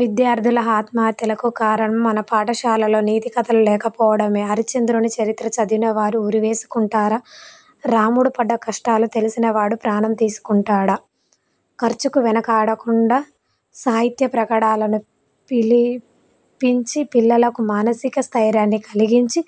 విద్యార్థుల ఆత్మహత్యలకు కారణం మన పాఠశాలలో నీతి కథలు లేకపోవడమే. హరిశ్చంద్రుని చరిత్ర చదివినవారు ఉరివేసుకుంటారా? రాముడు పడ్డ కష్టాలు తెలిసిన వాడు ప్రాణం తీసుకుంటాడా? ఖర్చుకు వెనుకాడకుండా సాహిత్య ప్రకాడలను పిలిపించి పిల్లలకు మానసిక స్థైర్యాన్ని కలిగించి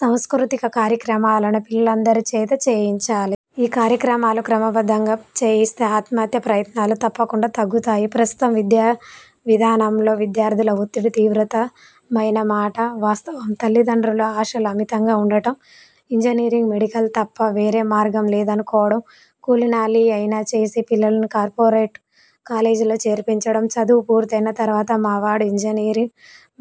సాంస్కృతిక కార్యక్రమాలను పిల్లలందరి చేత చేయించాలి. ఈ కార్యక్రమాలు క్రమబద్ధంగా చేయిస్తే ఆత్మహత్యా ప్రయత్నాలు తప్పకుండా తగ్గుతాయి. ప్రస్తుత విద్యావిధానంలో విద్యార్థుల ఒత్తిడి తీవ్రతమైన మాట వాస్తవం. తల్లిదండ్రుల ఆశలు అమితంగా వుండడం, ఇంజనీరింగ్, మెడికల్ తప్ప వేరే మార్గం లేదనుకోవడం, కూలీనాలీ అయినా చేసి పిల్లలను కార్పోరేట్ కాలేజీలలో చేర్పించడం, చదువు పూర్తైన తరువాత మావాడు ఇంజనీరు,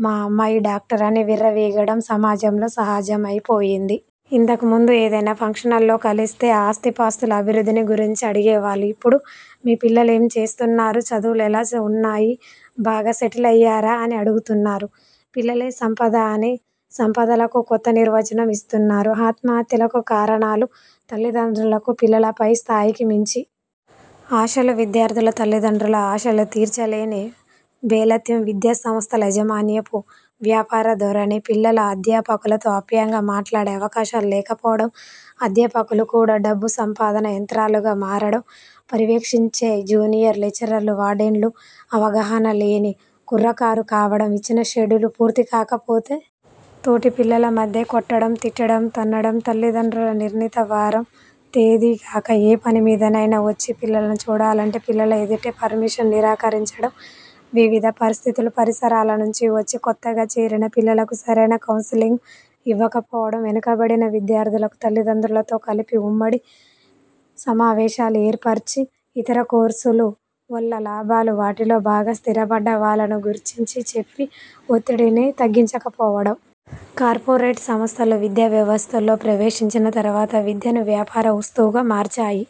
మా అమ్మాయి డాక్టరు అని విర్రవీగడం సమాజంలో సహజమైపోయింది. ఇంతకు ముందు ఏదైనా ఫంక్షన్లలో కలిస్తే ఆస్తిపాస్తుల అభివృద్ధిని గురించి అడిగేవాళ్ళు. ఇప్పుడు మీ పిల్లలేం చేస్తున్నారు? చదువులెలా వున్నాయి? బాగా సెటిల్ అయ్యారా? అని అడుగుతున్నారు. పిల్లలే సంపద అని సంపదలకు కొత్త నిర్వచనం ఇస్తున్నారు. ఆత్మహత్యలకు కారణాలు తల్లిదండ్రులకు పిల్లలపై స్ధాయికి మించి ఆశలు విద్యార్థులు తల్లిదండ్రుల ఆశలు తీర్చలేని బేలత్వం విద్యాసంస్థల యాజమాన్యపు వ్యాపార ధోరణి పిల్లలు అధ్యాపకులతో అప్యాయంగా మాట్లాడే అవకాశాలు లేకపోవడం అధ్యాపకులు కూడా డబ్బు సంపాదన యంత్రాలుగా మారడం పర్యవేక్షించే జూనియర్ లెక్చరర్లు, వార్డెన్లు అవగాహన లేని కుర్రకారు కావడం ఇచ్చిన షెడ్యూల్ పూర్తికాకపోతే తోటిపిల్లల మధ్యే కొట్టడం, తిట్టడం, తన్నడం తల్లిదండ్రులు నిర్ణీత వారం, తేదీ కాక ఏ పని మీదనైనా వచ్చి పిల్లలనుచూడాలంటే పిల్లల ఎదుటే పర్మిషన్ నిరాకరించడం వివిధ పరిస్ధితులు, పరిసరాల నుంచి వచ్చి కొత్తగా చేరిన పిల్లలకు సరైన కౌన్సిలింగ్ ఇవ్వకపోడవం వెనుకబడిన విద్యార్థులకు తల్లిదండ్రులతో కలిపి ఉమ్మడి సమావేశాలు ఏర్పరిచి, ఇతర కోర్సులు వల్ల లాభాలు, వాటిలో బాగా స్థిరపడ్డ వాళ్లను గూర్చించి చెప్పి ఒత్తిడిని తగ్గంచకపోవడం. కార్పొరేట్ సంస్థలు, విద్యావ్యవస్థలో ప్రవేశించిన తరువాత విద్యను వ్యాపార వస్తువుగా మార్చాయి.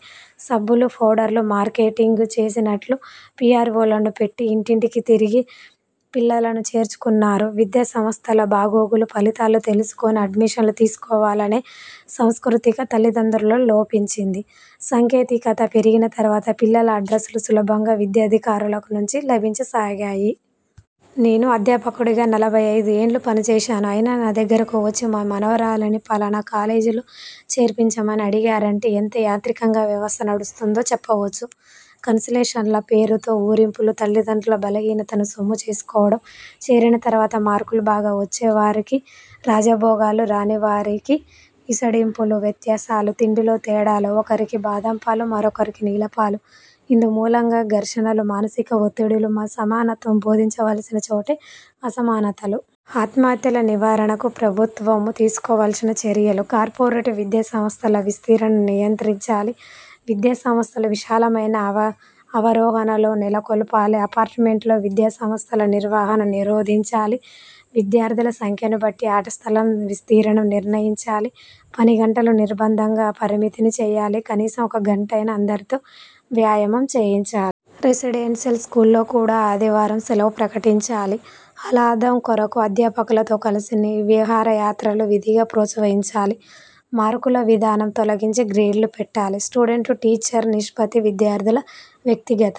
సబ్బులు, పౌడర్లు మార్కెటింగ్ చేసినట్లు పీఆర్వోలను పెట్టి ఇంటింటికీ తిరిగి పిల్లలను చేర్చుకున్నారు. విద్యాసంస్థల బాగోగులు, ఫలితాలు తెలుసుకొని అడ్మిషన్లు తీసుకోవాలనే సంస్కృతి తల్లిదండ్రుల్లో లోపించింది. సాంకేతికత పెరిగిన తరువాత పిల్లల అడ్రస్సులు సులభంగా విద్యాధికారుల నుంచి లభించసాగాయి. నేను అధ్యాపకుడిగా నలభై ఐదు ఏళ్లు పనిచేసాను. అయినా నా దగ్గరకు వచ్చి మా మనుమరాలిని పలానా కాలేజీలో చేర్పించమని అడిగారంటే ఎంత యాంత్రికంగా వ్యవస్థ నడుస్తుందో చెప్పవచ్చు. కన్సెషన్ల పేరుతో ఊరింపులు తల్లిదండ్రుల బలహీనతలను సొమ్ము చేసుకోవడం చేరిన తరువాత మార్కులు బాగా వచ్చే వారికి రాజభోగాలు, రానివారికి ఈసడింపులు, వ్వత్యాసాలు, తిండిలో తేడాలు, ఒకరికి బాదంపాలు, మరొకరికి నీళ్లపాలు, ఇందు మూలంగా ఘర్షణలు, మానసిక ఒత్తిడులు, సమానత్వం బోధించవలసిన చోట అసమానతలు. ఆత్మహత్యల నివారణకు ప్రభుత్వం తీసుకోవలసిన చర్యలు కార్పొరేట్ విద్యాసంస్థల విస్తరణ నియంత్రించాలి విద్యాసంస్థలు విశాలమైన ఆవరణలోనే నెలకొల్పాలి అపార్ట్మెంట్లలో విద్యాసంస్థల నిర్వహణ నిరోధించాలి విద్యార్థుల సంఖ్యను బట్టి ఆటస్థల విస్తీర్ణం నిర్ణయించాలి పనిగంటలు నిర్బంధంగా పరిమితి చేయాలి కనీసం ఒక గంటైనా అందరితో వ్యాయామం చేయించాలి రెసిడెన్షియల్ స్కూళ్లో కూడా ఆదివారం సెలవు ప్రకటించాలి ఆహ్లాదం కొరకు అధ్యాపకులతో కలిసి విహారయాత్రలు విధిగా ప్రోత్సహించాలి మార్కుల విధానం తొలగించి గ్రేడ్లు పెట్టాలి స్టూడెంట్ టీచరు నిష్పత్తి విద్యార్థుల వ్యక్తిగత